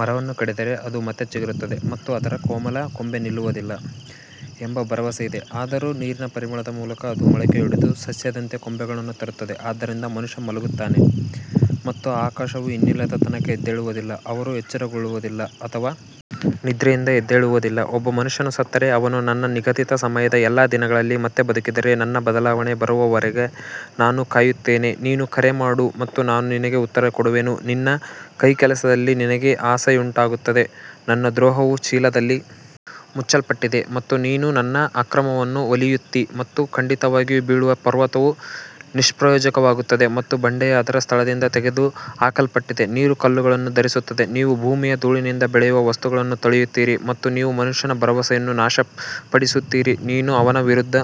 ಮರವನ್ನು ಕಡಿದರೆ ಅದು ಮತ್ತೆ ಚಿಗುರುತ್ತದೆ ಮತ್ತು ಅದರ ಕೋಮಲ ಕೊಂಬೆ ನಿಲ್ಲುವುದಿಲ್ಲ ಎಂಬ ಭರವಸೆ ಇದೆ. ಆದರೂ ನೀರಿನ ಪರಿಮಳದ ಮೂಲಕ ಅದು ಮೊಳಕೆಯೊಡೆದು ಸಸ್ಯದಂತೆ ಕೊಂಬೆಗಳನ್ನು ತರುತ್ತದೆ ಆದ್ದರಿಂದ ಮನುಷ್ಯ ಮಲಗುತ್ತಾನೆ ಮತ್ತು ಆಕಾಶವು ಇನ್ನಿಲ್ಲದ ತನಕ ಎದ್ದೇಳುವುದಿಲ್ಲ, ಅವರು ಎಚ್ಚರಗೊಳ್ಳುವುದಿಲ್ಲ ಅಥವಾ ನಿದ್ರೆಯಿಂದ ಎದ್ದೇಳುವುದಿಲ್ಲ ಒಬ್ಬ ಮನುಷ್ಯನು ಸತ್ತರೆ ಅವನು ನನ್ನ ನಿಗದಿತ ಸಮಯದ ಎಲ್ಲಾ ದಿನಗಳಲ್ಲಿ ಮತ್ತೆ ಬದುಕಿದರೆ ನನ್ನ ಬದಲಾವಣೆ ಬರುವವರೆಗೆ ನಾನು ಕಾಯುತ್ತೇನೆ ನೀನು ಕರೆ ಮಾಡು ಮತ್ತು ನಾನು ನಿನಗೆ ಉತ್ತರ ಕೊಡುವೆನು ನಿನ್ನ ಕೈಕೆಲಸದಲ್ಲಿ ನಿನಗೆ ಆಸೆಯುಂಟಾಗುತ್ತದೆ ನನ್ನ ದ್ರೋಹವು ಚೀಲದಲ್ಲಿ ಮುಚ್ಚಲ್ಪಟ್ಟಿದೆ ಮತ್ತು ನೀನು ನನ್ನ ಅಕ್ರಮವನ್ನು ಹೊಲಿಯುತ್ತೀ ಮತ್ತು ಖಂಡಿತವಾಗಿಯೂ ಬೀಳುವ ಪರ್ವತವು ನಿಷ್ಪ್ರಯೋಜಕವಾಗುತ್ತದೆ ಮತ್ತು ಬಂಡೆಯು ಅದರ ಸ್ಥಳದಿಂದ ತೆಗೆದುಹಾಕಲ್ಪಟ್ಟಿದೆ ನೀರು ಕಲ್ಲುಗಳನ್ನು ಧರಿಸುತ್ತದೆ, ನೀವು ಭೂಮಿಯ ಧೂಳಿನಿಂದ ಬೆಳೆಯುವ ವಸ್ತುಗಳನ್ನು ತೊಳೆಯುತ್ತೀರಿ ಮತ್ತು ನೀವು ಮನುಷ್ಯನ ಭರವಸೆಯನ್ನು ನಾಶಪಡಿಸುತ್ತೀರಿ ನೀನು ಅವನ ವಿರುದ್ಧ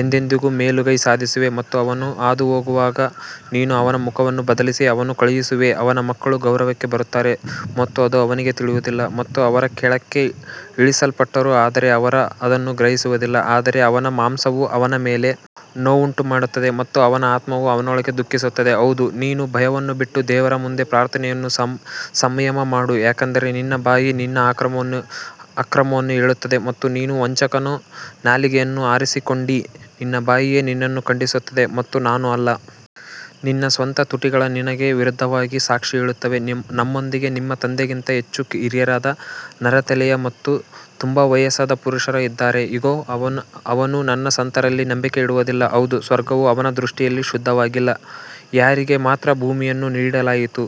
ಎಂದೆಂದಿಗೂ ಮೇಲುಗೈ ಸಾಧಿಸುವೆ ಮತ್ತು ಅವನು ಹಾದುಹೋಗುವಾಗ ನೀನು ಅವನ ಮುಖವನ್ನು ಬದಲಿಸಿ ಅವನನ್ನು ಕಳುಹಿಸುವೆ ಅವನ ಮಕ್ಕಳು ಗೌರವಕ್ಕೆ ಬರುತ್ತಾರೆ ಮತ್ತು ಅದು ಅವನಿಗೆ ತಿಳಿದಿಲ್ಲ ಮತ್ತು ಅವರು ಕೆಳಕ್ಕೆ ಇಳಿಸಲ್ಪಟ್ಟರು ಆದರೆ ಅವರು ಅದನ್ನು ಗ್ರಹಿಸುವುದಿಲ್ಲ ಆದರೆ ಅವನ ಮಾಂಸವು ಅವನ ಮೇಲೆ ನೋವುಂಟುಮಾಡುತ್ತದೆ ಮತ್ತು ಅವನ ಆತ್ಮವು ಅವನೊಳಗೆ ದುಃಖಿಸುತ್ತದೆ ಹೌದು ನೀನು ಭಯವನ್ನು ಬಿಟ್ಟು ದೇವರ ಮುಂದೆ ಪ್ರಾರ್ಥನೆಯನ್ನು ಸಂಯಮ ಮಾಡು ಯಾಕಂದರೆ ನಿನ್ನ ಬಾಯಿ ನಿನ್ನ ಅಕ್ರಮವನ್ನು ಹೇಳುತ್ತದೆ ಮತ್ತು ನೀನು ವಂಚಕನ ನಾಲಿಗೆಯನ್ನು ಆರಿಸಿಕೊಂಡಿ ನಿನ್ನ ಬಾಯಿಯೇ ನಿನ್ನನ್ನು ಖಂಡಿಸುತ್ತದೆ ಮತ್ತು ನಾನು ಅಲ್ಲ ನಿನ್ನ ಸ್ವಂತ ತುಟಿಗಳು ನಿನಗೆ ವಿರುದ್ಧವಾಗಿ ಸಾಕ್ಷಿ ಹೇಳುತ್ತವೆ ನಮ್ಮೊಂದಿಗೆ ನಿಮ್ಮ ತಂದೆಗಿಂತ ಹೆಚ್ಚು ಹಿರಿಯರಾದ ನರೆತಲೆಯ ಮತ್ತು ತುಂಬಾ ವಯಸ್ಸಾದ ಪುರುಷರು ಇದ್ದಾರೆ ಇಗೋ, ಅವನು ತನ್ನ ಸಂತರಲ್ಲಿ ನಂಬಿಕೆ ಇಡುವುದಿಲ್ಲ, ಹೌದು, ಸ್ವರ್ಗವು ಅವನ ದೃಷ್ಟಿಯಲ್ಲಿ ಶುದ್ಧವಾಗಿಲ್ಲ ಯಾರಿಗೆ ಮಾತ್ರ ಭೂಮಿಯನ್ನು ನೀಡಲಾಯಿತು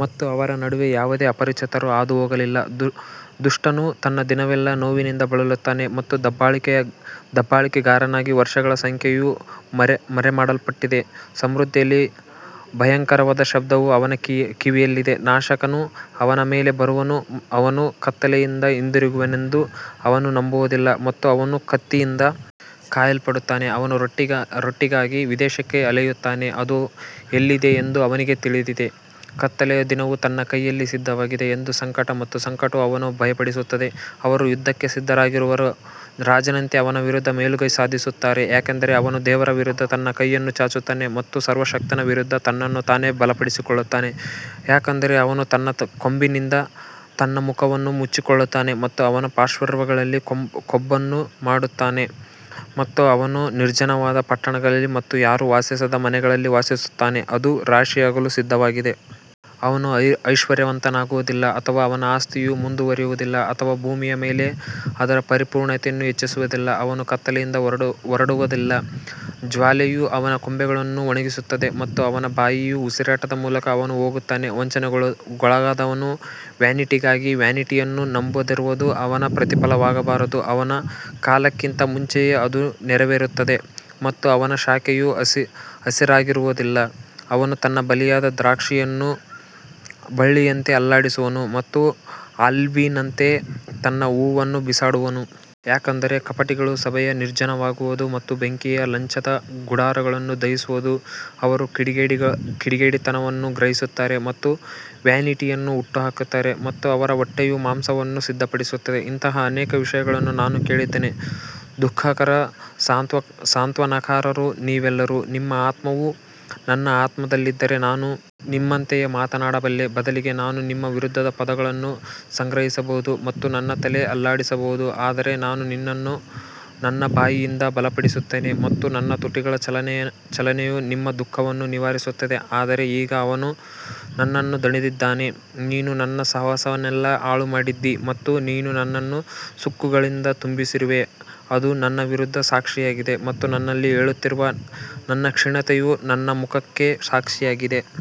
ಮತ್ತು ಅವರ ನಡುವೆ ಯಾವುದೇ ಅಪರಿಚಿತರು ಹಾದುಹೋಗಲಿಲ್ಲ ದುಷ್ಟನು ತನ್ನ ದಿನವೆಲ್ಲಾ ನೋವಿನಿಂದ ಬಳಲುತ್ತಾನೆ ಮತ್ತು ದಬ್ಬಾಳಿಕೆಗಾರನಿಗೆ ವರ್ಷಗಳ ಸಂಖ್ಯೆಯು ಮರೆಮಾಡಲ್ಪಟ್ಟಿದೆ ಸಮೃದ್ಧಿಯಲ್ಲಿ ಭಯಂಕರವಾದ ಶಬ್ದವು ಅವನ ಕಿವಿಯಲ್ಲಿದೆ, ನಾಶಕನು ಅವನ ಮೇಲೆ ಬರುವನು ಅವನು ಕತ್ತಲೆಯಿಂದ ಹಿಂದಿರುಗುವನೆಂದು ಅವನು ನಂಬುವುದಿಲ್ಲ ಮತ್ತು ಅವನು ಕತ್ತಿಯಿಂದ ಕಾಯಲ್ಪಡುತ್ತಾನೆ ಅವನು ರೊಟ್ಟಿಗಾಗಿ ವಿದೇಶಕ್ಕೆ ಅಲೆಯುತ್ತಾನೆ, ಅದು ಎಲ್ಲಿದೆ ಎಂದು ಅವನಿಗೆ ತಿಳಿದಿದೆ, ಕತ್ತಲೆಯ ದಿನವು ತನ್ನ ಕೈಯಲ್ಲಿ ಸಿದ್ಧವಾಗಿದೆ ಎಂದು ಸಂಕಟ ಮತ್ತು ಸಂಕಟವು ಅವನನ್ನು ಭಯಪಡಿಸುತ್ತದೆ, ಅವರು ಯುದ್ಧಕ್ಕೆ ಸಿದ್ಧರಾಗಿರುವ ರಾಜನಂತೆ ಅವನ ವಿರುದ್ಧ ಮೇಲುಗೈ ಸಾಧಿಸುತ್ತಾರೆ ಯಾಕಂದರೆ ಅವನು ದೇವರ ವಿರುದ್ಧ ತನ್ನ ಕೈಯನ್ನು ಚಾಚುತ್ತಾನೆ ಮತ್ತು ಸರ್ವಶಕ್ತನ ವಿರುದ್ಧ ತನ್ನನ್ನು ತಾನು ಬಲಪಡಿಸಿಕೊಳ್ಳುತ್ತಾನೆ ಯಾಕಂದರೆ ಅವನು ತನ್ನ ಕೊಬ್ಬಿನಿಂದ ತನ್ನ ಮುಖವನ್ನು ಮುಚ್ಚಿಕೊಳ್ಳುತ್ತಾನೆ ಮತ್ತು ಅವನ ಪಾರ್ಶ್ವಗಳಲ್ಲಿ ಕೊಬ್ಬನ್ನು ಮಾಡುತ್ತಾನೆ ಮತ್ತು ಅವನು ನಿರ್ಜನವಾದ ಪಟ್ಟಣಗಳಲ್ಲಿ ಮತ್ತು ಯಾರೂ ವಾಸಿಸದ ಮನೆಗಳಲ್ಲಿ ವಾಸಿಸುತ್ತಾನೆ, ಅದು ರಾಶಿಯಾಗಲು ಸಿದ್ಧವಾಗಿದೆ. ಅವನು ಐಶ್ವರ್ಯವಂತನಾಗುವದಿಲ್ಲ ಅಥವಾ ಅವನ ಆಸ್ತಿಯು ಮುಂದುವರಿಯುವದಿಲ್ಲ ಅಥವಾ ಭೂಮಿಯ ಮೇಲೆ ಅದರ ಪರಿಪೂರ್ಣತೆಯನ್ನು ಹೆಚ್ಚಿಸುವದಿಲ್ಲ ಅವನು ಕತ್ತಲೆಯಿಂದ ಹೊರಡುವದಿಲ್ಲ, ಜ್ವಾಲೆಯು ಅವನ ಕೊಂಬೆಗಳನ್ನು ಒಣಗಿಸುತ್ತದೆ ಮತ್ತು ಅವನ ಬಾಯಿಯ ಉಸಿರಾಟದ ಮೂಲಕ ಅವನು ಹೋಗುತ್ತಾನೆ ವಂಚನೆಗೊಳಗಾದವನು ವ್ಯಾನಿಟಿಗಾಗಿ ವ್ಯಾನಿಟಿಯನ್ನು ನಂಬದಿರುವುದು ಅವನ ಪ್ರತಿಫಲವಾಗಬಾರದು ಅವನ ಕಾಲಕ್ಕಿಂತ ಮುಂಚೆಯೇ ಅದು ನೆರವೇರುತ್ತದೆ ಮತ್ತು ಅವನ ಶಾಖೆಯು ಹಸಿರಾಗಿರುವುದಿಲ್ಲ ಅವನು ತನ್ನ ಬಲಿಯದ ದ್ರಾಕ್ಷಿಯನ್ನು ಬಳ್ಳಿಯಂತೆ ಅಲ್ಲಾಡಿಸುವನು ಮತ್ತು ಆಲಿವ್ನಂತೆ ತನ್ನ ಹೂವನ್ನು ಬಿಸಾಡುವನು. ಯಾಕಂದರೆ ಕಪಟಿಗಳ ಸಭೆಯು ನಿರ್ಜನವಾಗುವದು ಮತ್ತು ಬೆಂಕಿಯು ಲಂಚದ ಗುಡಾರಗಳನ್ನು ದಹಿಸುವದು. ಅವರು ಕಿಡಿಗೇಡಿತನವನ್ನು ಗ್ರಹಿಸುತ್ತಾರೆ ಮತ್ತು ವ್ಯಾನಿಟಿಯನ್ನು ಹುಟ್ಟುಹಾಕುತ್ತಾರೆ ಮತ್ತು ಅವರ ಹೊಟ್ಟೆಯು ಮೋಸವನ್ನು ಸಿದ್ಧಪಡಿಸುತ್ತದೆ ಇಂತಹ ಅನೇಕ ವಿಷಯಗಳನ್ನು ನಾನು ಕೇಳಿದ್ದೇನೆ ದುಃಖಕರ ಸಾಂತ್ವನಕಾರರು ನೀವೆಲ್ಲರೂ ನಿಮ್ಮ ಆತ್ಮವು ನನ್ನ ಆತ್ಮದಲ್ಲಿದ್ದರೆ ನಾನು ನಿಮ್ಮಂತೆಯೇ ಮಾತನಾಡಬಲ್ಲೆ, ಬದಲಿಗೆ ನಾನು ನಿಮ್ಮ ವಿರುದ್ಧ ಪದಗಳನ್ನು ಸಂಗ್ರಹಿಸಬಹುದು ಮತ್ತು ನನ್ನ ತಲೆ ಅಲ್ಲಾಡಿಸಬಹುದು ಆದರೆ ನಾನು ನಿನ್ನನ್ನು ನನ್ನ ಬಾಯಿಯಿಂದ ಬಲಪಡಿಸುತ್ತೇನೆ ಮತ್ತು ನನ್ನ ತುಟಿಗಳ ಚಲನೆಯು ನಿಮ್ಮ ದುಃಖವನ್ನು ನಿವಾರಿಸುತ್ತದೆ ಆದರೆ ಈಗ ಅವನು ನನ್ನನ್ನು ದಣಿದಿದ್ದಾನೆ, ನೀನು ನನ್ನ ಸಹವಾಸವನ್ನೆಲ್ಲಾ ಹಾಳು ಮಾಡಿದ್ದೀ ಮತ್ತು ನೀನು ನನ್ನನ್ನು ಸುಕ್ಕುಗಳಿಂದ ತುಂಬಿಸಿರುವೆ, ಅದು ನನ್ನ ವಿರುದ್ಧ ಸಾಕ್ಷಿಯಾಗಿದೆ ಮತ್ತು ನನ್ನಲ್ಲಿ ಏಳುತ್ತಿರುವ ನನ್ನ ಕ್ಷೀಣತೆಯು ನನ್ನ ಮುಖಕ್ಕೆ ಸಾಕ್ಷಿಯಾಗಿದೆ.